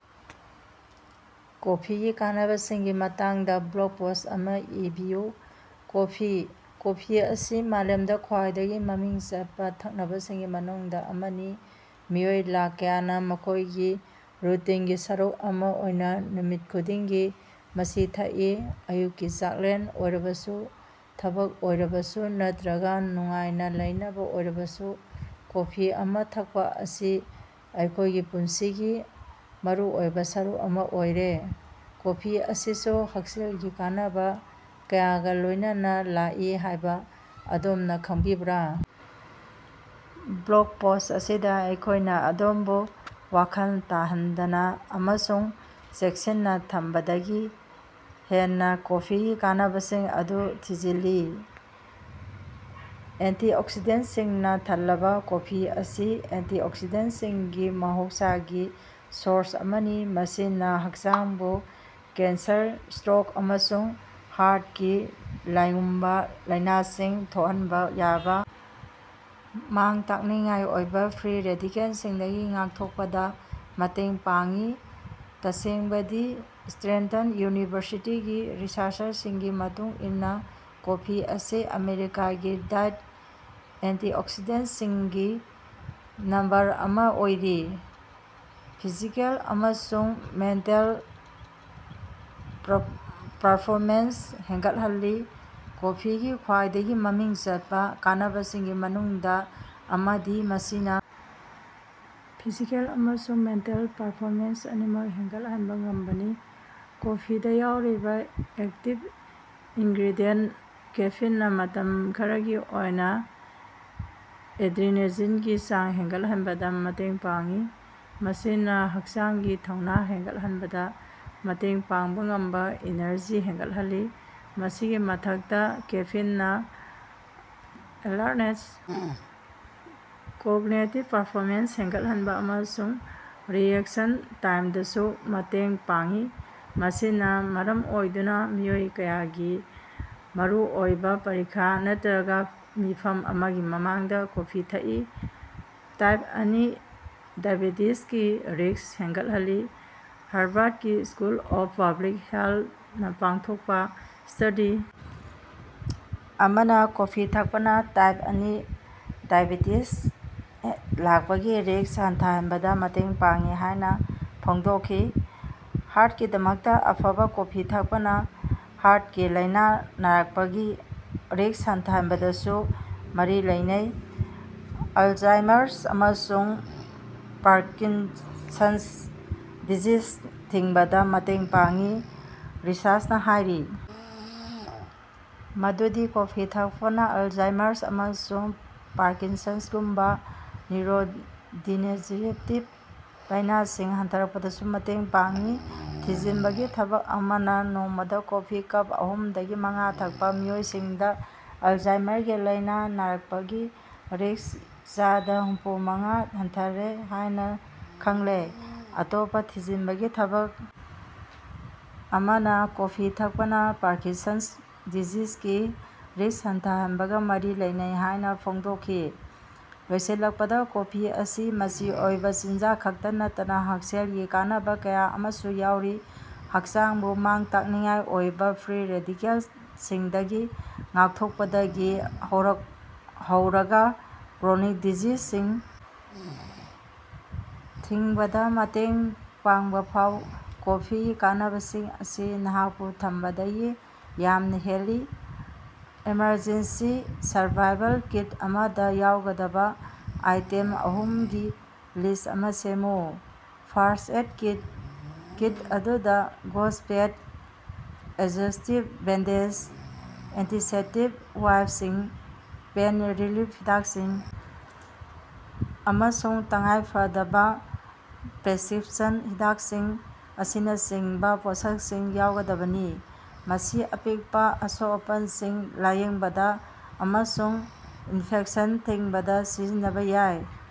ꯀꯣꯐꯤꯒꯤ ꯀꯥꯟꯅꯕꯁꯤꯡꯒꯤ ꯃꯇꯥꯡꯗ blog post ꯑꯃ ꯏꯕꯤꯌꯨ꯫ ꯀꯣꯐꯤ: ꯀꯣꯐꯤ ꯑꯁꯤ ꯃꯥꯂꯦꯝꯗ ꯈ꯭ꯋꯥꯏꯗꯒꯤ ꯃꯃꯤꯡ ꯆꯠꯄ ꯊꯛꯅꯕꯁꯤꯡꯒꯤ ꯃꯅꯨꯡꯗ ꯑꯃꯅꯤ꯫ ꯃꯤꯑꯣꯏ ꯂꯥꯈ ꯀꯌꯥꯅ ꯃꯈꯣꯏꯒꯤ ꯔꯨꯇꯤꯟꯒꯤ ꯁꯔꯨꯛ ꯑꯃ ꯑꯣꯏꯅ ꯅꯨꯃꯤꯠ ꯈꯨꯗꯤꯡꯒꯤ ꯃꯁꯤ ꯊꯛꯏ꯫ ꯑꯌꯨꯛꯀꯤ ꯆꯥꯛꯂꯦꯟ ꯑꯣꯏꯔꯕꯁꯨ, ꯊꯕꯛ ꯑꯣꯏꯔꯕꯁꯨ ꯅꯠꯇ꯭ꯔꯒ ꯅꯨꯡꯉꯥꯏꯅ ꯂꯩꯅꯕ ꯑꯣꯏꯔꯕꯁꯨ, ꯀꯣꯐꯤ ꯑꯃ ꯊꯛꯄ ꯑꯁꯤ ꯑꯩꯈꯣꯏꯒꯤ ꯄꯨꯟꯁꯤꯒꯤ ꯃꯔꯨꯑꯣꯏꯕ ꯁꯔꯨꯛ ꯑꯃ ꯑꯣꯏꯔꯦ꯫ ꯀꯣꯐꯤ ꯑꯁꯤꯁꯨ ꯍꯛꯁꯦꯜꯒꯤ ꯀꯥꯟꯅꯕ ꯀꯌꯥꯒ ꯂꯣꯌꯅꯅ ꯂꯥꯛꯏ ꯍꯥꯏꯕ ꯑꯗꯣꯝꯅ ꯈꯪꯕꯤꯕ꯭ꯔꯥ? ꯕ꯭ꯂꯣꯒ ꯄꯣꯁ꯭ꯠ ꯑꯁꯤꯗ ꯑꯩꯈꯣꯏꯅ ꯑꯗꯣꯝꯕꯨ ꯋꯥꯈꯜ ꯇꯥꯍꯟꯗꯅ ꯑꯃꯁꯨꯡ ꯆꯦꯛꯁꯤꯟꯅ ꯊꯝꯕꯗꯒꯤ ꯍꯦꯟꯅ ꯀꯣꯐꯤꯒꯤ ꯀꯥꯟꯅꯕꯁꯤꯡ ꯑꯗꯨ ꯊꯤꯖꯤꯜꯂꯤ꯫ ꯑꯦꯟꯇꯤꯑꯣꯛꯁꯤꯗꯦꯟꯇꯁꯤꯡꯅ ꯊꯜꯂꯕ ꯀꯣꯐꯤ ꯑꯁꯤ ꯑꯦꯟꯇꯤꯑꯣꯛꯁꯤꯗꯦꯟꯇꯁꯤꯡꯒꯤ ꯃꯍꯧꯁꯥꯒꯤ ꯁꯣꯔꯁ ꯑꯃꯅꯤ꯫ ꯃꯁꯤꯅ ꯍꯛꯆꯥꯡꯕꯨ ꯀꯦꯟꯁꯔ, ꯁ꯭ꯇꯔꯣꯛ ꯑꯃꯁꯨꯡ ꯍꯥꯔꯠꯀꯤ ꯂꯥꯏꯉꯨꯝꯕ ꯂꯥꯏꯅꯁꯤꯡ ꯊꯣꯛꯍꯟꯕ ꯌꯥꯕ ꯃꯥꯡ-ꯇꯥꯛꯅꯤꯡꯉꯥꯏ ꯑꯣꯏꯕ ꯐ꯭ꯔꯤ ꯔꯦꯗꯤꯀꯦꯜꯁꯤꯡꯗꯒꯤ ꯉꯥꯛꯊꯣꯛꯄꯗ ꯃꯇꯦꯡ ꯄꯥꯡꯉꯤ꯫ ꯇꯁꯦꯡꯕꯗꯤ ꯁ꯭ꯇꯔꯦꯟꯇꯟ ꯌꯨꯅꯤꯚꯔꯁꯤꯇꯤꯒꯤ ꯔꯤꯁꯔꯆꯔꯁꯤꯡꯒꯤ ꯃꯇꯨꯡ ꯏꯟꯅ ꯀꯣꯐꯤ ꯑꯁꯤ ꯑꯃꯦꯔꯤꯀꯥꯒꯤ ꯗꯥꯏꯠꯇ ꯑꯦꯟꯇꯤꯑꯣꯛꯁꯤꯗꯦꯟꯇꯁꯤꯡꯒꯤ ꯅꯝꯕꯔ ꯑꯃ ꯑꯣꯏꯔꯤ꯫ ꯐꯤꯖꯤꯀꯦꯜ ꯑꯃꯁꯨꯡ ꯃꯦꯟꯇꯜ ꯄꯔꯐꯣꯃꯦꯟꯁ ꯍꯦꯟꯒꯠꯍꯜꯂꯤ꯫ꯀꯣꯐꯤꯒꯤ ꯈ꯭ꯋꯥꯏꯗꯒꯤ ꯃꯃꯤꯡ ꯆꯠꯄ ꯀꯥꯟꯅꯕꯁꯤꯡꯒꯤ ꯃꯅꯨꯡꯗ ꯑꯃꯗꯤ ꯃꯁꯤꯅ ꯐꯤꯖꯤꯀꯦꯜ ꯑꯃꯁꯨꯡ ꯃꯦꯟꯇꯜ ꯄꯔꯐꯣꯃꯦꯟꯁ ꯑꯅꯤꯃꯛ ꯍꯦꯟꯒꯠꯍꯟꯕ ꯉꯝꯕꯅꯤ꯫ ꯀꯣꯐꯤꯗ ꯌꯥꯎꯔꯤꯕ ꯑꯦꯛꯇꯤꯚ ꯏꯟꯒ꯭ꯔꯦꯗꯤꯌꯦꯟꯇ ꯀꯦꯐꯤꯟꯅ ꯃꯇꯝ ꯈꯔꯒꯤ ꯑꯣꯏꯅ ꯑꯦꯗ꯭ꯔꯤꯅꯦꯂꯤꯟꯒꯤ ꯆꯥꯡ ꯍꯦꯟꯒꯠꯍꯟꯕꯗ ꯃꯇꯦꯡ ꯄꯥꯡꯉꯤ꯫ ꯃꯁꯤꯅ ꯍꯛꯆꯥꯡꯒꯤ ꯊꯧꯅ ꯍꯦꯟꯒꯠꯍꯟꯕꯗ ꯃꯇꯦꯡ ꯄꯥꯡꯕ ꯉꯝꯕ ꯏꯅꯔꯖꯤ ꯍꯦꯟꯒꯠꯍꯜꯂꯤ꯫ ꯃꯁꯤꯒꯤ ꯃꯊꯛꯇ ꯀꯦꯐꯤꯟꯅ ꯑꯦꯂꯔꯠꯅꯦꯁ, ꯀꯣꯒꯅꯤꯇꯤꯚ ꯄꯔꯐꯣꯃꯦꯟꯁ ꯐꯒꯠꯍꯟꯕ ꯑꯃꯁꯨꯡ ꯔꯤꯑꯦꯛꯁꯟ ꯇꯥꯏꯝꯗꯁꯨ ꯃꯇꯦꯡ ꯄꯥꯡꯉꯤ꯫ ꯃꯁꯤꯅ ꯃꯔꯝ ꯑꯣꯏꯗꯨꯅ ꯃꯤꯑꯣꯏ ꯀꯌꯥꯒꯤ ꯃꯔꯨꯑꯣꯏꯕ ꯄꯔꯤꯈ ꯅꯠꯇ꯭ꯔꯒ ꯃꯤꯐꯝ ꯑꯃꯒꯤ ꯃꯃꯥꯡꯗ ꯀꯣꯐꯤ ꯊꯛꯏ꯫ ꯇꯥꯏꯞ ꯑꯅꯤ- ꯗꯥꯏꯑꯦꯕꯦꯇꯤꯖꯒꯤ ꯔꯤꯁ꯭ꯛ ꯍꯟꯒꯠꯍꯜꯂꯤ ꯍꯔꯕꯔꯗꯀꯤ ꯁ꯭ꯀꯨꯜ ꯑꯣꯐ ꯄꯕ꯭ꯂꯤꯛ ꯍꯦꯜꯊꯅ ꯄꯥꯡꯊꯣꯛꯄ ꯁ꯭ꯇꯗꯤ ꯑꯃꯅ ꯀꯣꯐꯤ ꯊꯛꯄꯅ ꯇꯥꯏꯞ ꯑꯅꯤ ꯗꯥꯏꯑꯦꯕꯦꯇꯤꯖ ꯂꯥꯛꯄꯒꯤ ꯔꯤꯁ꯭ꯛ ꯍꯟꯊꯍꯟꯕꯗ ꯃꯇꯦꯡ ꯄꯥꯡꯉꯤ ꯍꯥꯏꯅ ꯐꯣꯡꯗꯣꯛꯈꯤ꯫ ꯍꯥꯔꯠꯀꯤꯗꯃꯛꯇ ꯑꯐꯕ ꯀꯣꯐꯤ ꯊꯛꯄꯅ ꯍꯥꯔꯠꯀꯤ ꯂꯥꯏꯅꯥ ꯅꯥꯔꯛꯄꯒꯤ ꯔꯤꯁ꯭ꯛ ꯍꯟꯊꯍꯟꯕꯗꯁꯨ ꯃꯔꯤ ꯂꯩꯅꯩ꯫ ꯑꯜꯖꯩꯃꯔꯁ ꯑꯃꯁꯨꯡ ꯄꯥꯔꯀꯤꯟꯁꯟꯁ ꯗꯤꯖꯤꯖ ꯊꯤꯡꯕꯗ ꯃꯇꯦꯡ ꯄꯥꯡꯉꯤ ꯔꯤꯁꯔꯆꯅ ꯍꯥꯏꯔꯤ ꯃꯗꯨꯗꯤ ꯀꯣꯐꯤ ꯊꯛꯄꯅ ꯑꯜꯖꯩꯃꯔꯁ ꯑꯃꯁꯨꯡ ꯄꯥꯔꯀꯤꯟꯁꯟꯁꯒꯨꯝꯕ ꯅ꯭ꯌꯨꯔꯣꯗꯤꯖꯦꯅꯦꯔꯦꯇꯤꯚ ꯂꯥꯏꯅꯥꯁꯤꯡ ꯍꯧꯊꯥꯔꯛꯄꯗꯁꯨ ꯃꯇꯦꯡ ꯄꯥꯡꯉꯤ꯫ ꯊꯤꯖꯤꯟꯕꯒꯤ ꯊꯕꯛ ꯑꯃꯅ ꯅꯣꯡꯃꯗ ꯀꯣꯐꯤ ꯀꯞ ꯑꯍꯨꯝꯗꯒꯤ ꯃꯉꯥ ꯊꯛꯄ ꯃꯤꯑꯣꯏꯁꯤꯡꯗ ꯑꯜꯖꯩꯃꯔꯁꯀꯤ ꯂꯥꯏꯅꯥ ꯅꯥꯔꯛꯄꯒꯤ ꯔꯤꯁ꯭ꯛ ꯆꯥꯗ ꯍꯨꯝꯐꯨꯃꯉꯥ ꯍꯟꯊꯔꯦ ꯍꯥꯏꯅ ꯈꯪꯂꯦ꯫ ꯑꯇꯣꯞꯄ ꯊꯤꯖꯤꯟꯕꯒꯤ ꯊꯕꯛ ꯑꯃꯅ ꯀꯣꯐꯤ ꯊꯛꯄꯅ ꯄꯥꯔꯀꯤꯟꯁꯟꯁ ꯗꯤꯖꯤꯖꯀꯤ ꯔꯤꯁ꯭ꯛ ꯍꯟꯊꯍꯟꯕꯒ ꯃꯔꯤ ꯂꯩꯅꯩ ꯍꯥꯏꯅ ꯐꯣꯡꯗꯣꯛꯈꯤ꯫ ꯂꯣꯏꯁꯤꯜꯂꯛꯄꯗ, ꯀꯣꯐꯤ ꯑꯁꯤ ꯃꯆꯤ ꯑꯣꯏꯕ ꯆꯤꯟꯖꯥꯛ ꯈꯛꯇ ꯅꯠꯇꯅ ꯍꯛꯁꯦꯜꯒꯤ ꯀꯥꯟꯅꯕ ꯀꯌꯥ ꯑꯃꯁꯨ ꯌꯥꯎꯔꯤ꯫ ꯍꯛꯆꯥꯡꯕꯨ ꯃꯥꯡ-ꯇꯥꯛꯅꯤꯡꯉꯥꯏ ꯑꯣꯏꯕ ꯐ꯭ꯔꯤ ꯔꯦꯗꯤꯀꯦꯜꯁꯤꯡꯗꯒꯤ ꯉꯥꯛꯊꯣꯛꯄꯗꯒꯤ ꯍꯧꯔꯒ ꯀ꯭ꯔꯣꯅꯤꯛ ꯂꯥꯏꯅꯁꯤꯡ ꯊꯤꯡꯕꯗ ꯃꯇꯦꯡ ꯄꯥꯡꯕꯐꯥꯎꯕ ꯀꯣꯐꯤꯒꯤ ꯀꯥꯟꯅꯕꯁꯤꯡ ꯑꯁꯤ ꯅꯍꯥꯛꯄꯨ ꯊꯝꯕꯗꯒꯤ ꯌꯥꯝꯅ ꯍꯦꯜꯂꯤ꯫ ꯑꯦꯃꯔꯖꯦꯟꯁꯤ ꯁꯔꯚꯥꯏꯚꯜ ꯀꯤꯠ ꯑꯃꯗ ꯌꯥꯎꯒꯗꯕ ꯑꯥꯏꯇꯦꯝ ꯑꯍꯨꯝꯒꯤ ꯂꯤꯁ꯭ꯠ ꯑꯃ ꯁꯦꯝꯃꯨ꯫ꯐꯥꯔꯁꯠ ꯑꯦꯏꯗ ꯀꯤꯠ: ꯀꯤꯠ ꯑꯗꯨꯗ gauze, pad, adhesive bandage, antiseptic ꯋꯥꯏꯞꯁꯤꯡ, ꯄꯦꯟ ꯔꯤꯂꯤꯐ ꯍꯤꯗꯥꯛꯁꯤꯡ ꯑꯃꯁꯨꯡ ꯇꯉꯥꯏꯐꯗꯕ ꯄ꯭ꯔꯦꯁꯀ꯭ꯔꯤꯞꯁꯟ ꯍꯤꯗꯥꯛꯁꯤꯡ ꯑꯁꯤꯅꯆꯤꯡꯕ ꯄꯣꯠꯁꯛꯁꯤꯡ ꯌꯥꯎꯒꯗꯕꯅꯤ꯫ ꯃꯁꯤ ꯑꯄꯤꯛꯄ ꯑꯁꯣꯛ-ꯑꯄꯟꯁꯤꯡ ꯂꯥꯏꯌꯦꯡꯕꯗ ꯑꯃꯁꯨꯡ ꯏꯟꯐꯦꯛꯁꯟ ꯊꯤꯡꯕꯗ ꯁꯤꯖꯤꯟꯅꯕ ꯌꯥꯏ꯫